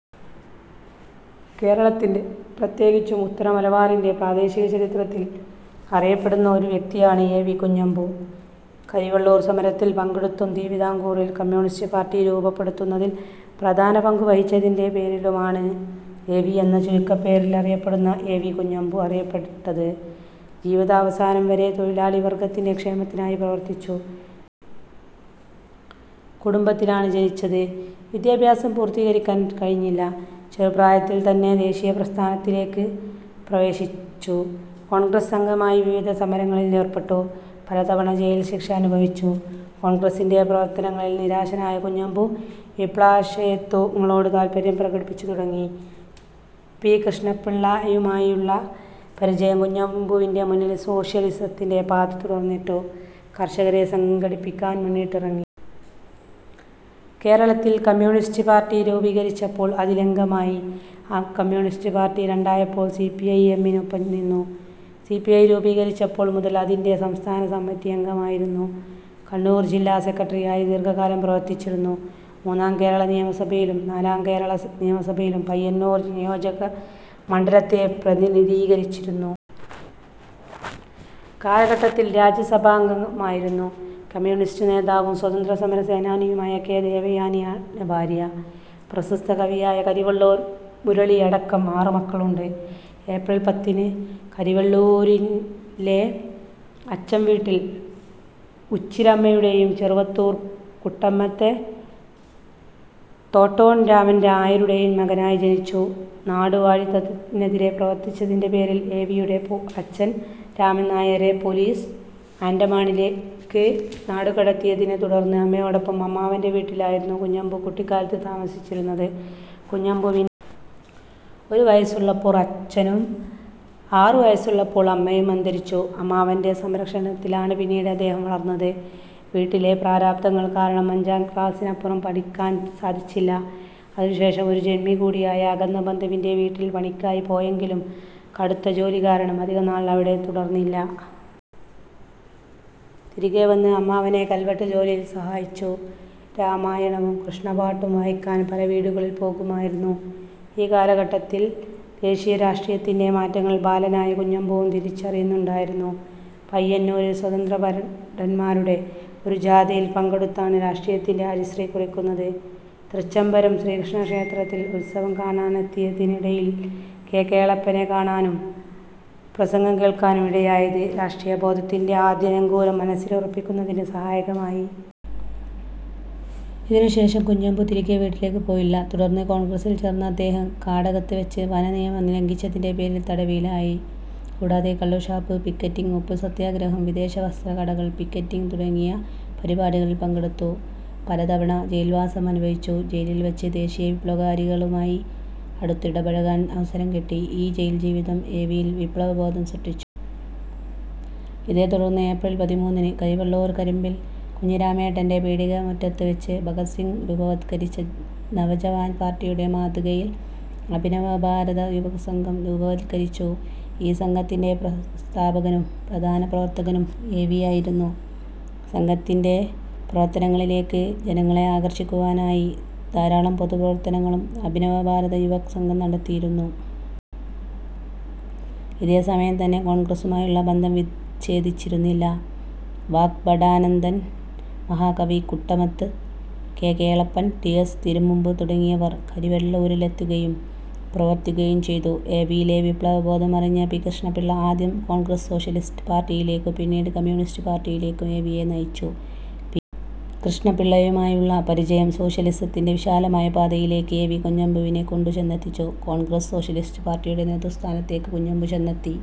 കേരളത്തിൻ്റെ, പ്രത്യേകിച്ചും ഉത്തരമലബാറിൻ്റെ, പ്രാദേശിക ചരിത്രത്തിൽ അറിയപ്പെടുന്ന ഒരു വ്യക്തിയാണ് എ വി കുഞ്ഞമ്പു. കരിവെള്ളൂർ സമരത്തിൽ പങ്കെടുത്തും തിരുവിതാംകൂറിൽ കമ്മ്യൂണിസ്റ്റ് പാർട്ടി രൂപപ്പെടുത്തുന്നതിൽ പ്രധാന പങ്കുവഹിച്ചതിൻ്റെ പേരിലുമാണ് എ വി എന്ന ചുരുക്കപ്പേരിലറിയപ്പെടുന്ന എ വി കുഞ്ഞമ്പു അറിയപ്പെട്ടത്. ജീവിതാവസാനം വരെ തൊഴിലാളിവർഗത്തിൻ്റെ ക്ഷേമത്തിനായി പ്രവർത്തിച്ചു. സാധാരണ കുടുംബത്തിലാണ് ജനിച്ചത്. വിദ്യാഭ്യാസം പൂർത്തീകരിക്കാൻ കഴിഞ്ഞില്ല. ചെറുപ്രായത്തിൽ തന്നെ ദേശീയപ്രസ്ഥാനത്തിലേക്ക് പ്രവേശിച്ചു. കോൺഗ്രസ് അംഗമായി വിവിധ സമരങ്ങളിൽ ഏർപ്പെട്ടു. പലതവണ ജയിൽശിക്ഷ അനുഭവിച്ചു. കോൺഗ്രസിൻ്റെ പ്രവർത്തനങ്ങളിൽ നിരാശനായ കുഞ്ഞമ്പു വിപ്ലവാശയങ്ങളോട് താൽപര്യം പ്രകടിപ്പിച്ചുതുടങ്ങി.പി കൃഷ്ണപിള്ളയുമായുള്ള പരിചയം കുഞ്ഞമ്പുവിൻ്റെ മുന്നിൽ സോഷ്യലിസത്തിൻ്റെ പാത തുറന്നിട്ടു. കർഷകരെ സംഘടിപ്പിക്കാൻ മുന്നിട്ടിറങ്ങി. കേരളത്തിൽ കമ്മ്യൂണിസ്റ്റ് പാർട്ടി രൂപീകരിച്ചപ്പോൾ അതിലംഗമായി. കമ്മ്യൂണിസ്റ്റ് പാർട്ടി രണ്ടായപ്പോൾ സി പി ഐ എമ്മിനൊപ്പം നിന്നു. സി പി ഐ രൂപീകരിച്ചപ്പോൾ മുതൽ അതിൻ്റെ സംസ്ഥാന കമ്മിറ്റിയംഗമായിരുന്നു. കണ്ണൂർ ജില്ലാ സെക്രട്ടറിയായി ദീർഘകാലം പ്രവർത്തിച്ചിരുന്നു. മൂന്നാം കേരള നിയമസഭയിലും നാലാം കേരള നിയമസഭയിലും പയ്യന്നൂർ നിയോജകമണ്ഡലത്തെ പ്രതിനിധീകരിച്ചിരുന്നു. കാലഘട്ടത്തിൽ രാജ്യസഭാംഗമായിരുന്നു. കമ്യൂണിസ്റ്റ് നേതാവും സ്വാതന്ത്ര്യസമര സേനാനിയുമായ കെ ദേവയാനിയാണ് ഭാര്യ. പ്രശസ്ത കവിയായ കരിവെള്ളൂർ മുരളിയടക്കം ആറ് മക്കളുണ്ട്. ഏപ്രിൽ പത്തിന് കരിവെള്ളൂരിലെ അച്ചംവീട്ടിൽ ഉച്ചിരമ്മയുടെയും ചെറുവത്തൂർ കുട്ടമത്തെ തോട്ടോൻ രാമൻ നായരുടെയും മകനായി ജനിച്ചു. നാടുവാഴിത്തത്തിനെതിരെ പ്രവർത്തിച്ചതിൻ്റെ പേരിൽ എ വിയുടെ അച്ഛൻ രാമൻ നായരെ പോലീസ് ആൻഡമാനിലേക്ക് നാടുകടത്തിയതിനെത്തുടർന്ന് അമ്മയോടൊപ്പം അമ്മാവൻ്റെ വീട്ടിലായിരുന്നു കുഞ്ഞമ്പു കുട്ടിക്കാലത്ത് താമസിച്ചിരുന്നത്. കുഞ്ഞമ്പുവിന് ഒരു വയസ്സുള്ളപ്പോൾ അച്ഛനും ആറ് വയസ്സുള്ളപ്പോൾ അമ്മയും അന്തരിച്ചു. അമ്മാവൻ്റെ സംരക്ഷണത്തിലാണ് പിന്നീട് അദ്ദേഹം വളർന്നത്. വീട്ടിലെ പ്രാരാബ്ധങ്ങൾ കാരണം അഞ്ചാം ക്ലാസിനപ്പുറം പഠിക്കാൻ സാധിച്ചില്ല. അതിനുശേഷം ഒരു ജന്മികൂടിയായ അകന്ന ബന്ധുവിൻ്റെ വീട്ടിൽ പണിക്കായി പോയെങ്കിലും കടുത്ത ജോലി കാരണം അധികനാൾ അവിടെ തുടർന്നില്ല. തിരികെ വന്ന് അമ്മാവനെ കൽവെട്ട് ജോലിയിൽ സഹായിച്ചു. രാമായണവും കൃഷ്ണപ്പാട്ടും വായിക്കാൻ പല വീടുകളിൽ പോകുമായിരുന്നു. ഇക്കാലഘട്ടത്തിൽ ദേശീയരാഷ്ട്രീയത്തിൻ്റെ മാറ്റങ്ങൾ ബാലനായ കുഞ്ഞമ്പുവും തിരിച്ചറിയുന്നുണ്ടായിരുന്നു. പയ്യന്നൂരിൽ സ്വാതന്ത്ര്യഭടന്മാരുടെ ഒരു ജാഥയിൽ പങ്കെടുത്താണ് രാഷ്ട്രീയത്തിൻ്റെ ഹരിശ്രീ കുറിക്കുന്നത്. തൃച്ചംബരം ശ്രീകൃഷ്ണ ക്ഷേത്രത്തിൽ ഉത്സവം കാണാനെത്തുന്നതിനിടയിൽ കെ കേളപ്പനെ കാണാനും പ്രസംഗം കേൾക്കാനും ഇടയായത് രാഷ്ട്രീയബോധത്തിൻ്റെ ആദ്യ നങ്കൂരം മനസ്സിലുറപ്പിക്കുന്നതിന് സഹായകരമായി. ഇതിനു ശേഷം കുഞ്ഞമ്പു തിരികെ വീട്ടിലേക്ക് പോയില്ല. തുടർന്ന് കോൺഗ്രസിൽ ചേർന്ന അദ്ദേഹം കാടകത്ത് വെച്ച് വനനിയമം ലംഘിച്ചതിൻ്റെ പേരിൽ തടവിലായി. കൂടാതെ കള്ളുഷാപ്പ് പിക്കറ്റിംഗ്, ഉപ്പുസത്യാഗ്രഹം, വിദേശവസ്ത്രക്കടകൾ പിക്കറ്റിംഗ് തുടങ്ങിയ പരിപാടികളിൽ പങ്കെടുത്തു. പലതവണ ജയിൽവാസം അനുഭവിച്ചു. ജയിലിൽവെച്ച് ദേശീയവിപ്ലവകാരികളുമായി അടുത്തിടപഴകാൻ അവസരം കിട്ടി. ഈ ജയിൽജീവിതം എ വിയിൽ വിപ്ലവബോധം സൃഷ്ടിച്ചു. ഇതേത്തുടർന്ന് ഏപ്രിൽ പതിമൂന്നിന് കരിവെള്ളൂർ കരിമ്പിൽ കുഞ്ഞിരാമേട്ടൻ്റെ പീടികമുറ്റത്ത് വെച്ച് ഭഗത് സിംഗ് രൂപവത്കരിച്ച നവജവാൻ പാർട്ടിയുടെ മാതൃകയിൽ അഭിനവ ഭാരത യുവക് സംഘം രൂപവത്കരിച്ചു.ഈ സംഘത്തിൻ്റെ സ്ഥാപകനും പ്രധാന പ്രവർത്തകനും എ വിയായിരുന്നു. സംഘത്തിൻ്റെ പ്രവർത്തനങ്ങളിലേക്ക് ജനങ്ങളെ ആകർഷിക്കുവാനായി ധാരാളം പൊതുപ്രവർത്തനങ്ങളും അഭിനവ ഭാരത യുവക് സംഘം നടത്തിയിരുന്നു. ഇതേ സമയം തന്നെ കോൺഗ്രസുമായുള്ള ബന്ധം വിച്ഛേദിച്ചിരുന്നില്ല. വാഗ്ഭടാനന്ദൻ, മഹാകവി Kuttamath, K Kelappan, T S Thirumumbu തുടങ്ങിയവർ കരിവെള്ളൂരിലെത്തുകയും പ്രവർത്തിക്കുകയും ചെയ്തു. എ വിയിലെ വിപ്ലവബോധം അറിഞ്ഞ പി കൃഷ്ണപിള്ള ആദ്യം കോൺഗ്രസ് സോഷ്യലിസ്റ്റ് പാർട്ടിയിലേക്കും പിന്നീട് കമ്മ്യൂണിസ്റ്റ് പാർട്ടിയിലേക്കും എ വിയെ നയിച്ചു.പി കൃഷ്ണപിള്ളയുമായുള്ള പരിചയം സോഷ്യലിസത്തിൻ്റെ വിശാലമായ പാതയിലേക്ക് എ വി കുഞ്ഞമ്പുവിനെ കൊണ്ടുചെന്നെത്തിച്ചു. കോൺഗ്രസ് സോഷ്യലിസ്റ്റ് പാർട്ടിയുടെ നേതൃസ്ഥാനത്തേക്ക് കുഞ്ഞമ്പു ചെന്നെത്തി.